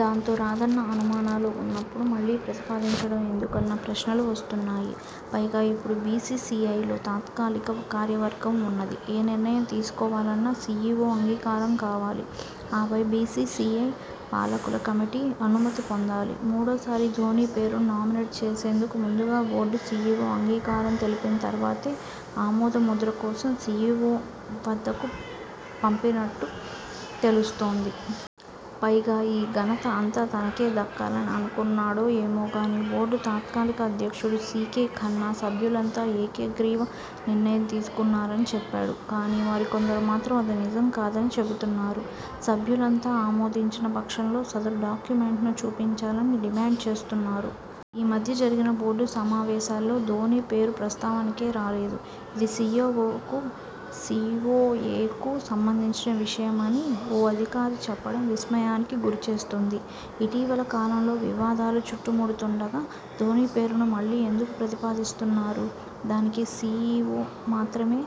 దాంతో, రాదన్న అనుమానాలు ఉన్నపుడు మళ్లీ ప్రతిపాదించడం ఎందుకన్న ప్రశ్నలు వస్తున్నాయి. పైగా, ఇప్పుడు బీసీసీఐలో తాత్కాలిక కార్యవర్గం ఉన్నది. ఏ నిర్ణయం తీసుకోవాలన్నా సీఈవో అంగీకారం కావాలి ఆపై బీసీసీఐ పాలకుల కమిటీ అనుమతి పొందాలి. మూడోసారి ధోనీ పేరును నామినేట్ చేసేందుకు ముందుగా బోర్డు సీఈవో అంగీకారం తెలిపిన తర్వాతే ఆమోద ముద్ర కోసం సీఈవో వద్దకు పంపినట్టు తెలుస్తోంది. పైగా, ఈ ఘనత అంతా తనకే దక్కాలని అనుకున్నాడో ఏమో గానీ బోర్డు తాత్కాలిక అధ్యక్షుడు సీకే ఖన్నా సభ్యులంతా ఏకగ్రీవ నిర్ణయం తీసుకున్నారని చెప్పాడు. కానీ, మరికొందరు మాత్రం అది నిజం కాదని చెబుతున్నారు. సభ్యులంతా ఆమోదించిన పక్షంలో సదరు డాక్యుమెంట్ను చూపించాలని డిమాండ్ చేస్తున్నారు. 'ఈ మధ్య జరిగిన బోర్డు సమావేశాల్లో ధోనీ పేరు ప్రస్తావనకే రాలేదు. ఇది సీఈవోకు సీవోఏకు సంబంధించిన విషయమ'ని ఓ అధికారి చెప్పడం విస్మయానికి గురిచేస్తోంది. 'ఇటీవల కాలంలో వివాదాలు చుట్టుముడుతుండగా ధోనీ పేరును మళ్లీ ఎందుకు ప్రతిపాదిస్తున్నారు? దానికి సీఈవో మాత్రమే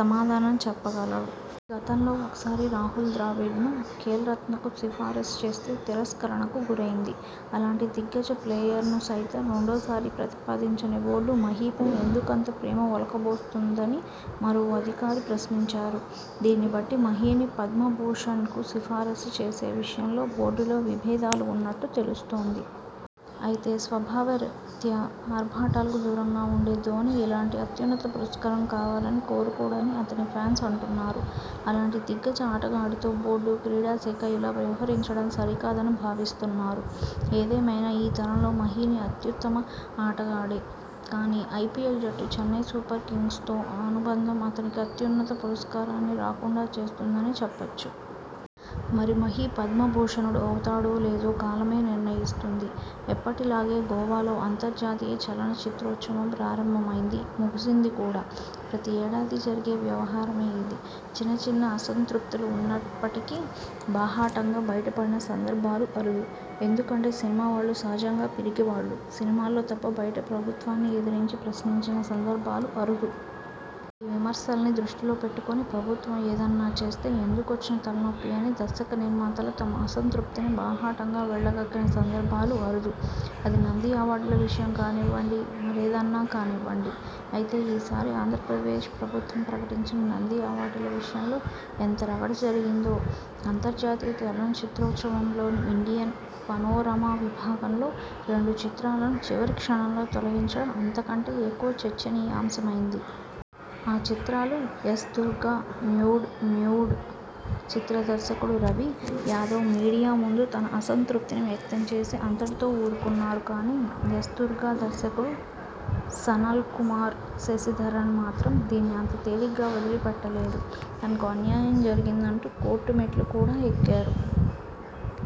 సమాధానం చెప్పగలరు. గతంలో ఒకసారి రాహుల్ ద్రావిడ్ను ఖేల్రత్నకు సిఫారసు చేస్తే తిరస్కరణకు గురైంది. అలాంటి దిగ్గజ ప్లేయర్ను సైతం రెండోసారి ప్రతిపాదించని బోర్డు మహీపై ఎందుకంత ప్రేమ ఒలకబోస్తోంద'ని మరో అధికారి ప్రశ్నించారు. దీన్ని బట్టి మహీని పద్మభూషణ్కు సిఫారసు చేసే విషయంలో బోర్డులో విభేదాలు ఉన్నట్టు తెలుస్తోంది. అయితే, స్వభావరీత్యా ఆర్భాటాలకు దూరంగా ఉండే ధోనీ ఇలాంటి అత్యున్నత పురస్కారం కావాలని కోరుకోడని అతని ఫ్యాన్స్ అంటున్నారు. అలాంటి దిగ్గజ ఆటగాడితో బోర్డు, క్రీడాశాఖ ఇలా వ్యవహరించడం సరికాదని భావిస్తున్నారు. ఏదేమైనా ఈతరంలో మహీని అత్యుత్తమ ఆటగాడే.! కానీ, ఐపీఎల్ జట్టు చెన్నై సూపర్ కింగ్స్తో అనుబంధం అతనికి అత్యున్నత పురస్కారాన్ని రాకుండా చేస్తోందని చెప్పొచ్చు. మరి, మహీ పద్మభూషణుడు అవుతాడో లేదో కాలమే నిర్ణయిస్తుంది.! ఎప్పటిలాగే గోవాలో అంతర్జాతీయ చలనచిత్రోత్సవం ప్రారంభమైంది. ముగిసింది కూడా. ప్రతి ఏడాదీ జరిగే వ్యవహారమే ఇది. చిన్న చిన్న అసంతృప్తులు ఉన్నప్పటికీ బాహాటంగా బయటపడిన సందర్భాలు అరుదు. ఎందుకంటే సినిమావాళ్లు సహజంగా పిరికివాళ్లు. సినిమాల్లో తప్ప బయట ప్రభుత్వాన్ని ఎదిరించి ప్రశ్నించిన సందర్భాలు అరుదు. ఈ విమర్శల్ని దృష్టిలో పెట్టుకొని ప్రభుత్వం ఏదన్నా చేస్తే ఎందుకొచ్చిన తలనొప్పి అని దర్శకనిర్మాతలు తమ అసంతృప్తిని బాహాటంగా వెళ్లగక్కిన సందర్భాలు అరుదు. అది నంది అవార్డుల విషయం కానివ్వండి, మరేదన్నా కానివ్వండి. అయితే ఈసారి ఆంధ్రప్రదేశ్ ప్రభుత్వం ప్రకటించిన నంది అవార్డుల విషయంలో ఎంత రగడ జరిగిందో, అంతర్జాతీయ చలనచిత్రోత్సవంలోని ఇండియన్ పనోరమా విభాగంలో రెండు చిత్రాలను చివరి క్షణంలో తొలగించడం అంతకంటే ఎక్కువ చర్చనీయాంశమైంది. ఆ చిత్రాలు 'ఎస్. దుర్గ', 'న్యూడ్'. 'న్యూడ్' చిత్ర దర్శకుడు రవి యాదవ్ మీడియా ముందు తన అసంతృప్తిని వ్యక్తం చేసి అంతటితో ఊరుకొన్నారు కానీ 'ఎస్. దుర్గ' దర్శకుడు సనల్కుమార్ శశిధరన్ మాత్రం దీన్ని అంత తేలికగా వదిలిపెట్టలేదు. తనకు అన్యాయం జరిగిందంటూ కోర్టు మెట్లు కూడా ఎక్కారు.